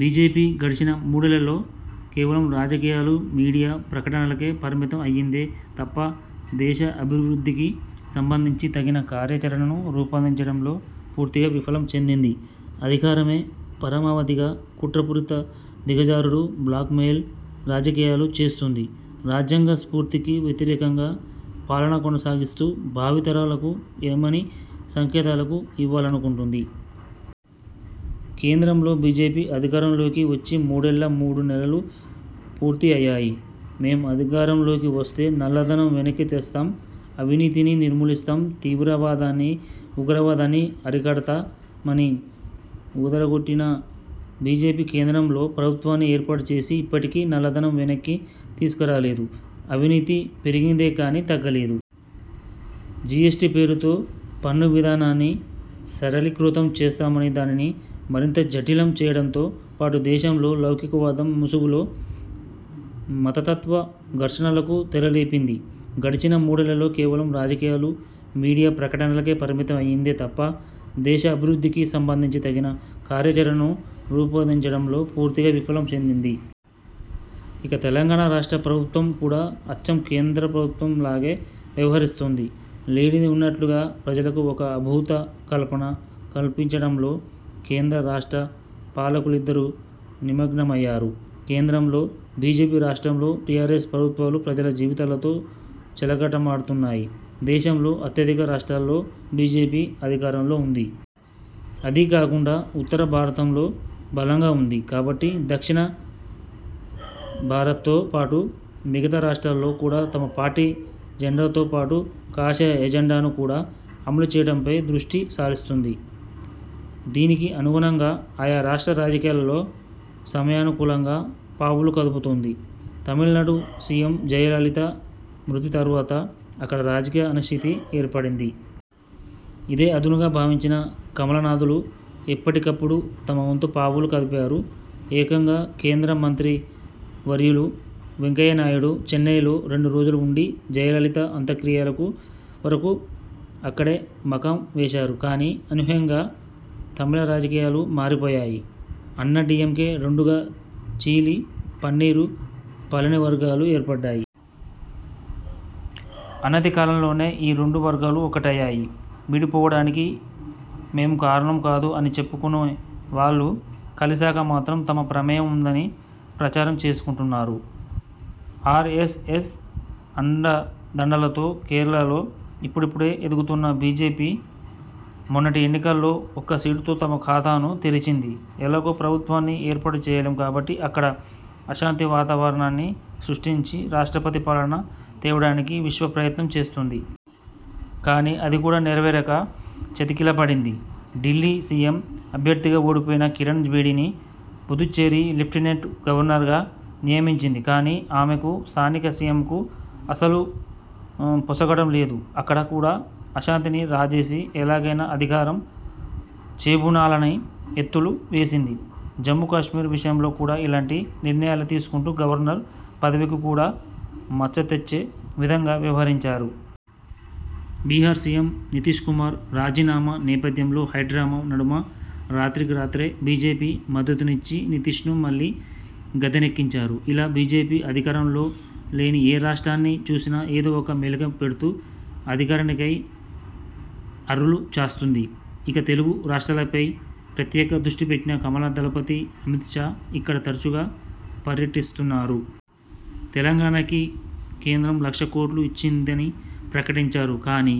BJP గడిచిన మూడేళ్ళలో కేవలం రాజకీయాలు, మీడియా ప్రకటనలకే పరిమితం అయ్యిందే తప్పా, దేశ అభివృద్ధికి సంబంధించి తగిన కార్యాచరణను రూపొందించడంలో పూర్తిగా విఫలం చెందింది. అధికారమే పరమావధిగా కుట్రపూరిత, దిగజారుడు, బ్లాక్ మెయిల్ రాజకీయాలు చేస్తోంది. రాజ్యాంగ స్ఫూర్తికి వ్యతిరేకంగా పాలన కొనసాగిస్తూ భావి తరాలకు ఏమని సంకేతాలకు ఇవ్వాలనుకుంటుంది? కేంద్రంలో బీజేపీ అధికారంలోకి వచ్చి మూడేళ్ల మూడు నెలలు పూర్తి అయ్యాయి. 'మేం అధికారంలోకి వస్తే నల్లధనం వెనక్కి తెస్తాం, అవినీతిని నిర్మూలిస్తాం, తీవ్రవాదాన్ని, ఉగ్రవాదాన్ని అరికడతా'మని ఊదరగొట్టిన బీజేపీ, కేంద్రంలో ప్రభుత్వాన్ని ఏర్పాటుచేసి ఇప్పటికీ నల్లధనం వెనక్కి తీసుకురాలేదు. అవినీతి పెరిగిందే కానీ తగ్గలేదు. జీఎస్టీ పేరుతో పన్ను విధానాన్ని సరళీకృతం చేస్తామని దానిని మరింత జఠిలం చేయడంతో పాటు దేశంలో లౌకికవాదం ముసుగులో మతతత్వ ఘర్షణలకు తెరలేపింది. గడిచిన మూడేళ్ళలో కేవలం రాజకీయాలు, మీడియా ప్రకటనలకే పరిమితం అయ్యిందే తప్పా, దేశ అభివృద్ధికి సంబంధించి తగిన కార్యాచరణను రూపొందించడంలో పూర్తిగా విఫలం చెందింది. ఇక తెలంగాణ రాష్ట్ర ప్రభుత్వం కూడా అచ్చం కేంద్ర ప్రభుత్వం లాగే వ్యవహరిస్తుంది. లేనిది ఉన్నట్లుగా ప్రజలకు ఒక అభూత కల్పన కల్పించడంలో కేంద్ర, రాష్ట్ర పాలకులిద్దరూ నిమగ్నమయ్యారు. కేంద్రంలో బీజేపీ, రాష్ట్రంలో టీఆర్ఎస్ ప్రభుత్వాలు ప్రజల జీవితాలతో చెలగాటమాడుతున్నాయి. దేశంలో అత్యధిక రాష్ట్రాల్లో బీజేపీ అధికారంలో ఉంది. అదీ కాకుండా ఉత్తర భారతంలో బలంగా ఉంది. కాబట్టి దక్షిణ భారత్తో పాటు, మిగతా రాష్ట్రాల్లో కూడా తమ పార్టీ జెండాతో పాటు కాషాయ ఎజెండాను కూడా అమలు చేయటంపై దృష్టి సారిస్తుంది. దీనికి అనుగుణంగా ఆయా రాష్ట్ర రాజకీయాల్లో సమయానుకూలంగా పావులు కదుపుతోంది. తమిళనాడు సీఎం జయలలిత మృతి తర్వాత అక్కడ రాజకీయ అనిశ్చితి ఏర్పడింది. ఇదే అదునుగా భావించిన కమలనాథులు ఎప్పటికప్పుడు తమ వంతు పావులు కదిపారు. ఏకంగా కేంద్ర మంత్రివర్యులు వెంకయ్యనాయుడు చెన్నైలో రెండు రోజులు ఉండి జయలలిత అంత్యక్రియలకు వరకు అక్కడే మకాం వేశారు. కానీ అనూహ్యంగా తమిళ రాజకీయాలు మారిపోయాయి. అన్నా డీఎంకే రెండుగా చీలి పన్నీరు, పళని వర్గాలు ఏర్పడ్డాయి. అనతికాలంలోనే ఈ రెండు వర్గాలు ఒక్కటయ్యాయి. విడిపోవడానికి మేము కారణం కాదు అని చెప్పుకునే వాళ్లు, కలిసాక మాత్రం తమ ప్రమేయం ఉందని ప్రచారం చేసుకుంటున్నారు. ఆర్ఎస్ఎస్ అండదండలతో కేరళలో ఇప్పుడిప్పుడే ఎదుగుతున్న బీజేపీ, మొన్నటి ఎన్నికల్లో ఒక్క సీటుతో తమ ఖాతాను తెరిచింది. ఎలాగో ప్రభుత్వాన్ని ఏర్పాటు చేయలేం కాబట్టి అక్కడ అశాంతి వాతావరణాన్ని సృష్టించి రాష్ట్రపతి పాలన తేవడానికి విశ్వ ప్రయత్నం చేస్తోంది. కానీ అదీ కూడా నెరవేరక చతికిలపడింది. ఢిల్లీ సీఎం అభ్యర్థిగా ఓడిపోయిన కిరణ్ బేడీని, పుదుచ్చేరి లెఫ్టినెంట్ గవర్నర్గా నియమించింది. కానీ ఆమెకు, స్థానిక సీఎంకు అస్సలు పొసగడం లేదు. అక్కడ కూడా అశాంతిని రాజేసి, ఎలాగైనా అధికారం చేబూనాలని ఎత్తులు వేసింది. జమ్మూ కాశ్మీర్ విషయంలో కూడా ఇలాంటి నిర్ణయాలే తీసుకుంటూ గవర్నర్ పదవికి కూడా మచ్చ తెచ్చే విధంగా వ్యవహరించారు. బీహార్ సీఎం నితీశ్ కుమార్ రాజీనామా నేపథ్యంలో హైడ్రామా నడుమ రాత్రికి రాత్రే బీజేపీ మద్దతునిచ్చి నితీశ్ను మళ్లీ గద్దెనెక్కించారు. ఇలా బీజేపీ అధికారంలో లేని ఏ రాష్ట్రాన్ని చూసినా ఏదో ఒక మెలిక పెడ్తూ అధికారానికై అర్రులు చాస్తుంది. ఇక తెలుగు రాష్ట్రాలపై ప్రత్యేక దృష్టిపెట్టిన కమల దళపతి అమిత్ షా ఇక్కడ తరుచుగా పర్యటిస్తున్నారు. తెలంగాణకి కేంద్రం లక్ష కోట్లు ఇచ్చిందని ప్రకటించారు. కానీ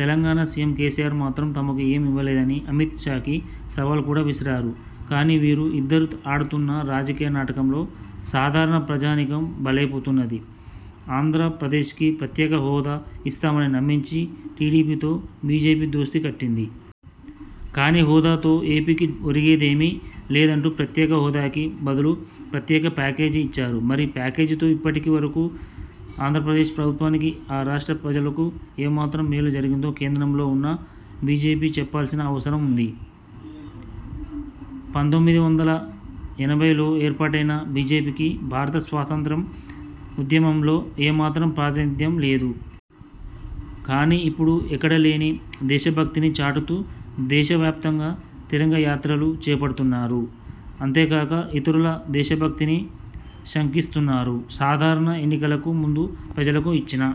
తెలంగాణ సీఎం కేసీఆర్ మాత్రం తమకు ఏం ఇవ్వలేదని అమిత్ షాకి సవాల్ కూడా విసిరారు. కానీ వీరు ఇద్దరు ఆడుతున్న రాజకీయ నాటకంలో సాధారణ ప్రజానీకం బలైపోతున్నది. ఆంధ్రప్రదేశ్కి ప్రత్యేక హోదా ఇస్తామని నమ్మించి టీడీపీతో బీజేపీ దోస్తీ కట్టింది. కానీ హోదాతో ఏపీకి ఒరిగేదేమీ లేదంటూ ప్రత్యేక హోదాకి బదులు ప్రత్యేక ప్యాకేజీ ఇచ్చారు. మరి ప్యాకేజీతో ఇప్పటి వరకు ఆంధ్రప్రదేశ్ ప్రభుత్వానికి, ఆ రాష్ట్ర ప్రజలకు ఏమాత్రం మేలు జరిగిందో కేంద్రంలో ఉన్న బీజేపీ చెప్పాల్సిన అవుసరం ఉన్నది. పంతొమ్మిది వందల ఎనభైలో ఏర్పాటైన బీజేపీకి భారత స్వాతంత్ర్య ఉద్యమంలో ఏమాత్రం పాతినిధ్యం లేదు. కానీ ఇప్పుడు ఎక్కడలేని దేశభక్తిని చాటుతూ దేశ వ్యాప్తంగా 'తిరంగ యాత్రలు' చేపడుతున్నారు. అంతేకాక ఇతరుల దేశభక్తిని శంకిస్తున్నారు. సాధారణ ఎన్నికలకు ముందు ప్రజలకు ఇచ్చిన.